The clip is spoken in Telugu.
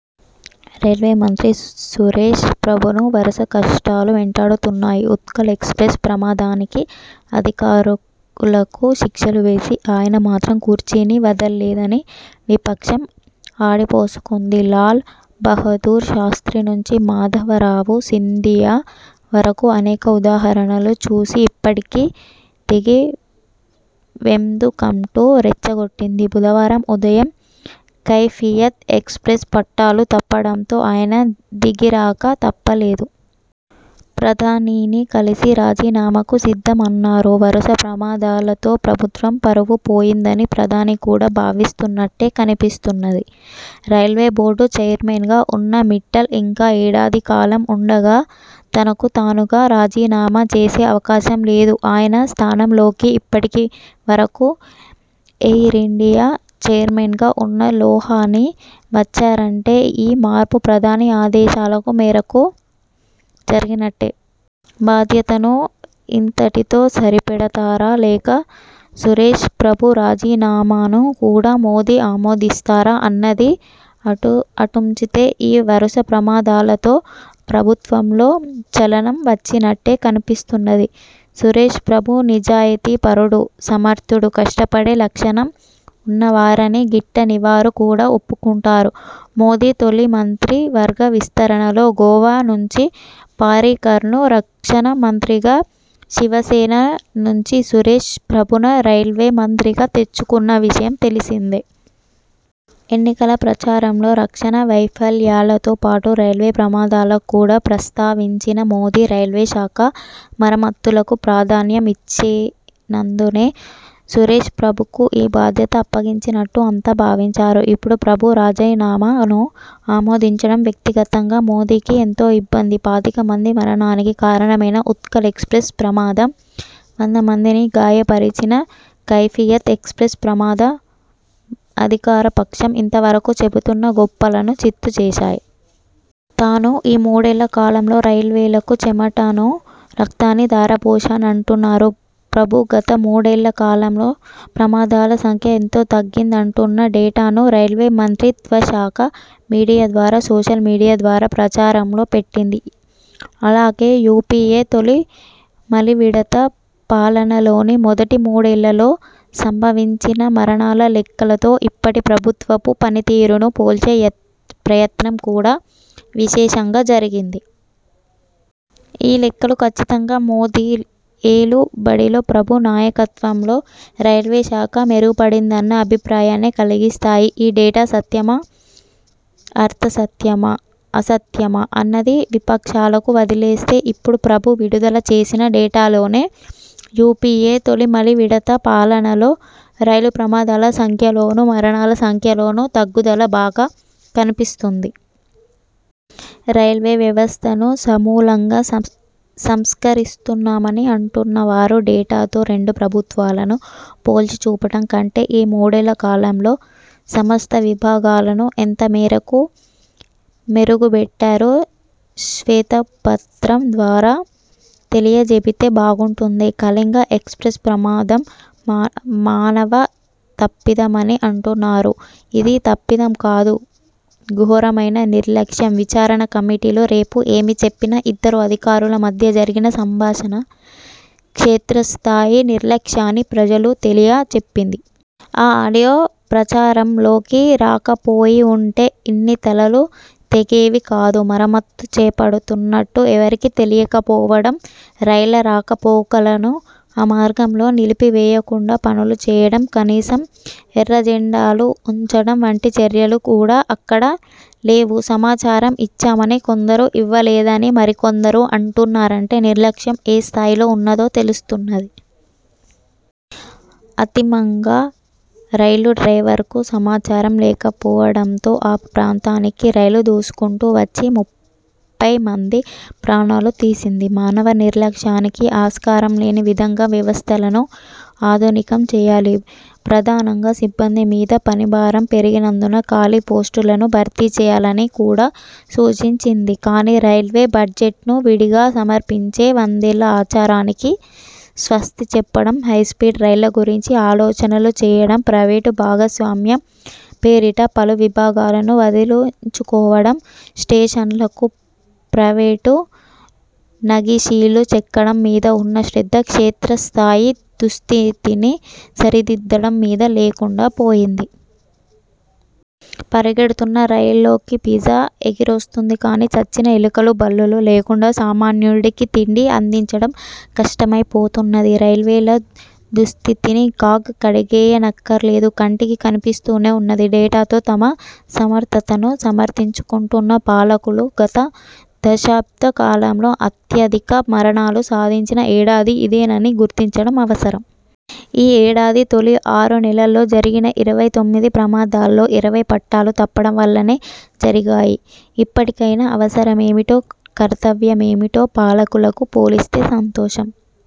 రైల్వేమంత్రి సురేష్ ప్రభును వరుస కష్టాలు వెంటాడుతున్నాయి. ఉత్కళ్ ఎక్స్ప్రెస్ ప్రమాదానికి అధికారులకు శిక్షలు వేసి, ఆయన మాత్రం కుర్చీని వదల్లేదని విపక్షం ఆడిపోసుకుంది. లాల్ బాహుదూర్ శాస్త్రి నుంచి మాధవరావు సింధియా వరకూ అనేక ఉదాహరణలు చూపి ఇప్పటికీ దిగ వెందుకంటూ రెచ్చగొట్టింది. బుధవారం ఉదయం కైఫియత్ ఎక్స్ప్రెస్ పట్టాలు తప్పడంతో ఆయన దిగిరాక తప్పలేదు. ప్రధానిని కలిసి రాజీనామాకు సిద్ధమన్నారు. వరుస ప్రమాదాలతో ప్రభుత్వం పరువు పోయిందని ప్రధాని కూడా భావిస్తున్నట్టే కనిపిస్తున్నది. రైల్వేబోర్డు చైర్మన్గా ఉన్న మిట్టల్ ఇంకా ఏడాది కాలం ఉండగా తనకు తానుగా రాజీనామా చేసే అవకాశం లేదు. ఆయన స్థానంలోకి ఇప్పటి వరకూ ఎయిరిండియా చైర్మన్గా ఉన్న లోహానీ వచ్చారంటే ఈ మార్పు ప్రధాని ఆదేశాల మేరకు జరిగినట్టే. బాధ్యతను ఇంతటితో సరిపెడతారా లేక సురేష్ ప్రభు రాజీనామాను కూడా మోదీ ఆమోదిస్తారా అన్నది అటుంచితే, ఈ వరుస ప్రమాదాలతో ప్రభుత్వంలో చలనం వచ్చినట్టే కనిపిస్తున్నది. సురేష్ ప్రభు నిజాయితీ పరుడు, సమర్థుడు, కష్టపడే లక్షణం ఉన్నవారని గిట్టనివారు కూడా ఒప్పుకుంటారు. మోదీ తొలి మంత్రివర్గ విస్తరణలో గోవా నుంచి పారీకర్ను రక్షణమంత్రిగా, శివసేన నుంచి సురేష్ ప్రభున రైల్వేమంత్రిగా తెచ్చుకున్న విషయం తెలిసిందే. ఎన్నికల ప్రచారంలో రక్షణ వైఫల్యాలతో పాటు రైల్వే ప్రమాదాలను కూడా ప్రస్తావించిన మోదీ, రైల్వేశాఖ మరమ్మతుకు ప్రాధాన్యం ఇచ్చినందునే సురేష్ ప్రభుకు ఈ బాధ్యత అప్పగించినట్టు అంతా భావించారు. ఇప్పుడు ప్రభు రాజీనామాను ఆమోదించడం వ్యక్తిగతంగా మోదీకి ఎంతో ఇబ్బంది. పాతిక మంది మరణానికి కారణమైన ఉత్కళ్ ఎక్స్ప్రెస్ ప్రమాదం, వంద మందిని గాయ పరచిన కైఫియత్ ఎక్స్ప్రెస్ ప్రమాదం అధికారపక్షం ఇంతవరకూ చెబుతున్న గొప్పలను చిత్తు చేశాయి. తాను ఈ మూడేళ్ళ కాలంలో రైల్వేలకు చెమటనూ రక్తాన్నీ ధారపోశానంటున్నారు ప్రభు. గత మూడేళ్ళకాలంలో ప్రమాదాల సంఖ్య ఎంతో తగ్గిందంటున్న డేటాను రైల్వేమంత్రిత్వశాఖ మీడియా ద్వారా సోషల్ మీడియా ద్వారా ప్రచారంలో పెట్టింది. అలాగే యూపీఏ తొలి, మలివిడత పాలనలోని మొదటి మూడేళ్ళలో సంభవించిన మరణాల లెక్కలతో ఇప్పటి ప్రభుత్వపు పని తీరును పోల్చే ప్రయత్నం కూడా విశేషంగా జరిగింది. ఈ లెక్కలు కచ్చితంగా మోదీ ఏలు బడిలో, ప్రభు నాయకత్వంలో రైల్వేశాఖ మెరుగుపడిందన్న అభిప్రాయాన్నే కలిగిస్తాయి. ఈ డేటా సత్యమా, అర్థసత్యమా, అసత్యమా అన్నది విపక్షాలకు వదిలేస్తే, ఇప్పుడు ప్రభు విడుదల చేసిన డేటాలోనే యూపీఎ తొలి, మలి విడత పాలనలో రైలు ప్రమాదాల సంఖ్యలోనూ, మరణాల సంఖ్యలోనూ తగ్గుదల బాగా కనిపిస్తుంది. రైల్వే వ్యవస్థను సమూలంగా సంస్కరిస్తున్నామని అంటున్నవారు డేటాతో రెండు ప్రభుత్వాలను పోల్చిచూపడం కంటే, ఈ మూడేళ్ళ కాలంలో సమస్త విభాగాలను ఎంతమేరకు మెరుగుబెట్టారో శ్వేతపత్రం ద్వారా తెలియచెబితే బాగుంటుంది. కళింగ ఎక్స్ప్రెస్ ప్రమాదం మానవ తప్పిదమని అంటున్నారు. ఇది తప్పిదం కాదు, ఘోరమైన నిర్లక్ష్యం. విచారణ కమిటీలు రేపు ఏమిచెప్పినా, ఇద్దరు అధికారుల మధ్య జరిగిన సంభాషణ క్షేత్రస్థాయి నిర్లక్ష్యాన్ని ప్రజలకు తెలియ చెప్పింది. ఆ ఆడియో ప్రచారంలోకి రాకపోయివుంటే ఇన్ని తలలు తెగేవి కాదు. మరమ్మతు చేపడుతున్నట్టు ఎవరికీ తెలియకపోవడం, రైళ్ళ రాకపోకలను ఆ మార్గంలో నిలిపి వేయకుండా పనులు చేయడం, కనీసం ఎర్రజెండాలు ఉంచడం వంటి చర్యలు కూడా అక్కడ లేవు. సమాచారం ఇచ్చామని కొందరు, ఇవ్వలేదని మరికొందరు అంటున్నారంటే నిర్లక్ష్యం ఏ స్థాయిలో ఉన్నదో తెలుస్తున్నది. అంతిమంగా రైలు డ్రైవర్కు సమాచారం లేకపోవడంతో ఆ ప్రాంతానికి రైలు దూసుకుంటూ వచ్చి ముప్పైమంది ప్రాణాలు తీసింది. మానవ నిర్లక్ష్యానికి ఆస్కారంలేని విధంగా వ్యవస్థలను ఆధునికం చేయాలి. ప్రధానంగా సిబ్బంది మీద పనిభారం పెరిగినందున ఖాళీ పోస్టులను భర్తీచేయాలని కూడా సూచించింది. కానీ, రైల్వే బడ్జెట్ను విడిగా సమర్పించే వందేళ్ళ ఆచారానికి స్వస్తి చెప్పడం, హైస్పీడ్ రైళ్ళ గురించి ఆలోచనలు చేయడం, ప్రైవేటు భాగస్వామ్యం పేరిట పలు విభాగాలను వదిలించుకోవడం, స్టేషన్లకు ప్రైవేటు నగిషీలు చెక్కడం మీద ఉన్న శ్రద్ధ క్షేత్రస్థాయి దుస్థితిని సరిదిద్దడం మీద లేకుండా పోయింది. పరిగెడుతున్న రైల్లోకి పిజ్జా ఎగిరొస్తుంది కానీ, చచ్చిన ఎలుకలూ, బల్లులూ లేకుండా సామాన్యుడికి తిండి అందించడం కష్టమైపోతున్నది. రైల్వేల దుస్థితిని కాగ్ కడిగేయనక్కరలేదు, కంటికి కనిపిస్తూనే ఉన్నది. డేటాతో తమ సమర్థతను సమర్థించుకుంటున్న పాలకులు గత దశాబ్ద కాలంలో అత్యధిక మరణాలు సాధించిన ఏడాది ఇదేనని గుర్తించడం అవసరం. ఈ ఏడాది తొలి ఆరు నెలల్లో జరిగిన ఇరవై తొమ్మిది ప్రమాదాల్లో ఇరవై పట్టాలు తప్పడం వల్లనే జరిగాయి. ఇప్పటికైనా అవసరమేమిటో, కర్తవ్యమేమిటో పాలకులకు పోలిసొస్తే సంతోషం.